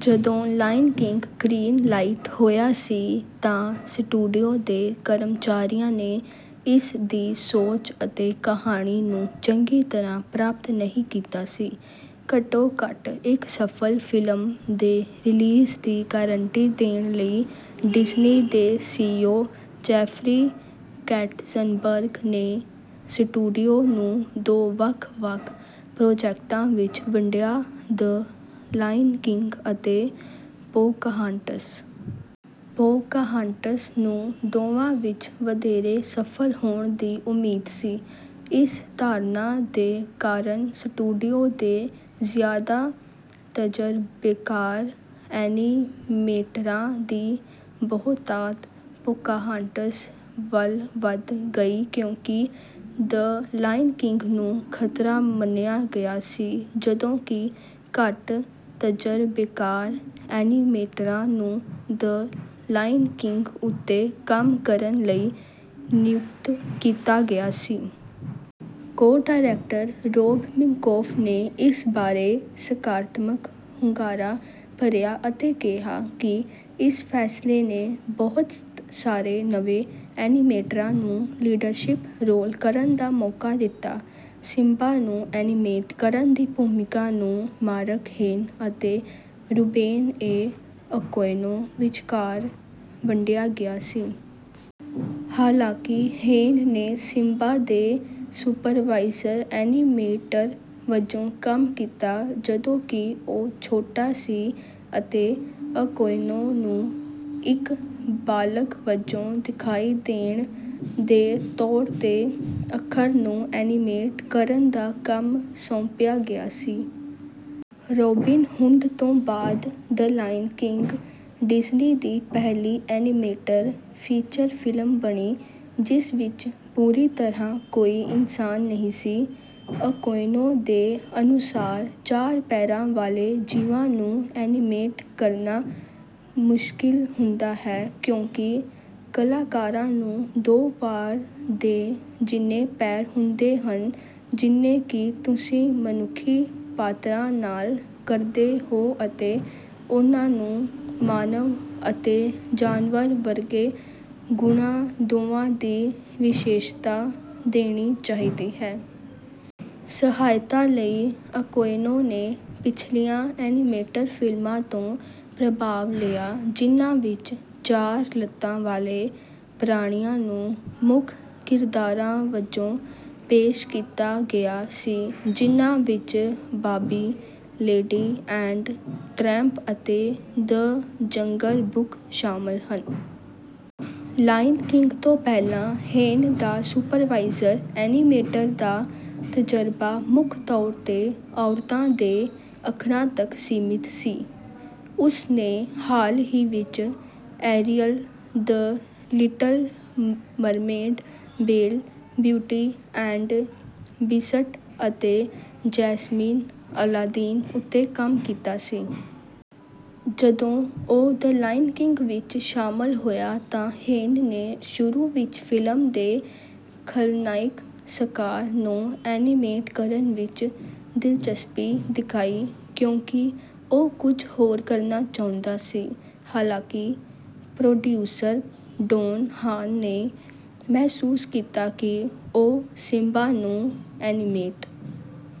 ਜਦੋਂ Lion King green light ਹੋਇਆ ਸੀ ਤਾਂ ਸਟੂਡੀਓ ਦੇ ਕਰਮਚਾਰੀਆਂ ਨੇ ਇਸ ਦੀ ਸੋਚ ਅਤੇ ਕਹਾਣੀ ਨੂੰ ਚੰਗੀ ਤਰ੍ਹਾਂ ਪ੍ਰਾਪਤ ਨਹੀਂ ਕੀਤਾ ਸੀ। ਘੱਟੋ ਘੱਟ ਇੱਕ ਸਫਲ ਫਿਲਮ ਦੇ ਰਿਲੀਜ਼ ਦੀ ਗਾਰੰਟੀ ਦੇਣ ਲਈ ਡਿਜ਼ਨੀ ਦੇ ਸੀਈਓ ਜੈਫਰੀ ਕੈਟਜ਼ਨਬਰਗ ਨੇ ਸਟੂਡੀਓ ਨੂੰ ਦੋ ਵੱਖ ਵੱਖ ਪ੍ਰੋਜੈਕਟਾਂ ਵਿੱਚ ਵੰਡਿਆ ਦ ਲਾਇਨ ਕਿੰਗ ਅਤੇ ਪੋਕਾਹਾਂਟਸ। ਪੋਕਾਹਾਂਟਸ ਨੂੰ ਦੋਵਾਂ ਵਿੱਚ ਵਧੇਰੇ ਸਫਲ ਹੋਣ ਦੀ ਉਮੀਦ ਸੀ। ਇਸ ਧਾਰਨਾ ਦੇ ਕਾਰਨ ਸਟੂਡੀਓ ਦੇ ਜ਼ਿਆਦਾ ਤਜਰਬੇਕਾਰ ਐਨੀਮੇਟਰਾਂ ਦੀ ਬਹੁਤਾਤ ਪੋਕਾਹਾਂਟਸ ਵੱਲ ਵੱਧ ਗਈ ਕਿਉਂਕਿ ਦ ਲਾਇਨ ਕਿੰਗ ਨੂੰ ਖਤਰਾ ਮੰਨਿਆ ਗਿਆ ਸੀ ਜਦੋਂ ਕਿ ਘੱਟ ਤਜਰਬੇਕਾਰ ਐਨੀਮੇਟਰਾਂ ਨੂੰ ਦ ਲਾਇਨ ਕਿੰਗ ਉੱਤੇ ਕੰਮ ਕਰਨ ਲਈ ਨਿਯੁਕਤ ਕੀਤਾ ਗਿਆ ਸੀ। ਕੋ ਡਾਇਰੈਕਟਰ ਰੋਬ ਮਿੰਕੋਫ ਨੇ ਇਸ ਬਾਰੇ ਸਕਾਰਾਤਮਕ ਹੁੰਗਾਰਾ ਭਰਿਆ ਅਤੇ ਕਿਹਾ ਕਿ ਇਸ ਫੈਸਲੇ ਨੇ ਬਹੁਤ ਸਾਰੇ ਨਵੇਂ ਐਨੀਮੇਟਰਾਂ ਨੂੰ ਲੀਡਰਸ਼ਿਪ ਰੋਲ ਕਰਨ ਦਾ ਮੌਕਾ ਦਿੱਤਾ। ਸਿਮਬਾ ਨੂੰ ਐਨੀਮੇਟ ਕਰਨ ਦੀ ਭੂਮਿਕਾ ਨੂੰ ਮਾਰਕ ਹੇਨ ਅਤੇ ਰੂਬੇਨ ਏ ਅਕੁਇਨੋ ਵਿਚਕਾਰ ਵੰਡਿਆ ਗਿਆ ਸੀ। ਹਾਲਾਂਕਿ ਹੇਨ ਨੇ ਸਿਮਬਾ ਦੇ ਸੁਪਰਵਾਈਜ਼ਰ ਐਨੀਮੇਟਰ ਵਜੋਂ ਕੰਮ ਕੀਤਾ ਜਦੋਂ ਕਿ ਉਹ ਛੋਟਾ ਸੀ ਅਤੇ ਅਕੁਇਨੋ ਨੂੰ ਇੱਕ ਬਾਲਗ ਵਜੋਂ ਦਿਖਾਈ ਦੇਣ ਦੇ ਤੌਰ ਤੇ ਅੱਖਰ ਨੂੰ ਐਨੀਮੇਟ ਕਰਨ ਦਾ ਕੰਮ ਸੌਂਪਿਆ ਗਿਆ ਸੀ। ਰੌਬਿਨ ਹੁੱਡ ਤੋਂ ਬਾਅਦ ਦ ਲਾਇਨ ਕਿੰਗ ਡਿਜ਼ਨੀ ਦੀ ਪਹਿਲੀ ਐਨੀਮੇਟਡ ਫੀਚਰ ਫਿਲਮ ਬਣੀ ਜਿਸ ਵਿੱਚ ਪੂਰੀ ਤਰ੍ਹਾਂ ਕੋਈ ਇਨਸਾਨ ਨਹੀਂ ਸੀ। ਅਕੁਇਨੋ ਦੇ ਅਨੁਸਾਰ ਚਾਰ ਪੈਰਾਂ ਵਾਲੇ ਜੀਵਾਂ ਨੂੰ ਐਨੀਮੇਟ ਕਰਨਾ ਮੁਸ਼ਕਿਲ ਹੁੰਦਾ ਹੈ ਕਿਉਂਕਿ ਕਲਾਕਾਰਾਂ ਨੂੰ ਦੋ ਵਾਰ ਦੇ ਜਿੰਨੇ ਪੈਰ ਹੁੰਦੇ ਹਨ ਜਿੰਨੇ ਕਿ ਤੁਸੀਂ ਮਨੁੱਖੀ ਪਾਤਰਾਂ ਨਾਲ ਕਰਦੇ ਹੋ ਅਤੇ ਉਹਨਾਂ ਨੂੰ ਮਾਨਵ ਅਤੇ ਜਾਨਵਰ ਵਰਗੇ ਗੁਣਾਂ ਦੋਵਾਂ ਦੀ ਵਿਸ਼ੇਸ਼ਤਾ ਦੇਣੀ ਚਾਹੀਦੀ ਹੈ। ਸਹਾਇਤਾ ਲਈ ਅਕੁਇਨੋ ਨੇ ਪਿਛਲੀਆਂ ਐਨੀਮੇਟਡ ਫਿਲਮਾਂ ਤੋਂ ਪ੍ਰਭਾਵ ਲਿਆ ਜਿਨ੍ਹਾਂ ਵਿੱਚ ਚਾਰ ਲੱਤਾਂ ਵਾਲੇ ਪ੍ਰਾਣੀਆਂ ਨੂੰ ਮੁੱਖ ਕਿਰਦਾਰਾਂ ਵਜੋਂ ਪੇਸ਼ ਕੀਤਾ ਗਿਆ ਸੀ ਜਿਨ੍ਹਾਂ ਵਿੱਚ ਬਾਂਬੀ ਲੇਡੀ ਐਂਡ ਟਰੈਂਪ ਅਤੇ ਦ ਜੰਗਲ ਬੁੱਕ ਸ਼ਾਮਲ ਹਨ। ਲਾਇਨ ਕਿੰਗ ਤੋਂ ਪਹਿਲਾਂ ਹੇਨ ਦਾ ਸੁਪਰਵਾਈਜ਼ਰ ਐਨੀਮੇਟਰ ਦਾ ਤਜਰਬਾ ਮੁੱਖ ਤੌਰ ਤੇ ਔਰਤਾਂ ਦੇ ਅੱਖਰਾਂ ਤੱਕ ਸੀਮਿਤ ਸੀ। ਉਸ ਨੇ ਹਾਲ ਹੀ ਵਿੱਚ Ariel the Little Mermaid Belle Beauty and Beast ਅਤੇ ਜੈਸਮੀਨ ਅਲਾਦੀਨ ਉੱਤੇ ਕੰਮ ਕੀਤਾ ਸੀ। ਜਦੋਂ ਉਹ ਦ ਲਾਇਨ ਕਿੰਗ ਵਿੱਚ ਸ਼ਾਮਲ ਹੋਇਆ ਤਾਂ ਹੇਨ ਨੇ ਸ਼ੁਰੂ ਵਿੱਚ ਫਿਲਮ ਦੇ ਖਲਨਾਇਕ ਸਕਾਰ ਨੂੰ ਐਨੀਮੇਟ ਕਰਨ ਵਿੱਚ ਦਿਲਚਸਪੀ ਦਿਖਾਈ ਕਿਉਂਕਿ ਉਹ ਕੁਝ ਹੋਰ ਕਰਨਾ ਚਾਹੁੰਦਾ ਸੀ। ਹਾਲਾਂਕਿ ਪ੍ਰੋਡਿਊਸਰ ਡੋਨ ਹਾਨ ਨੇ ਮਹਿਸੂਸ ਕੀਤਾ ਕਿ ਉਹ ਸਿਮਬਾ ਨੂੰ ਐਨੀਮੇਟ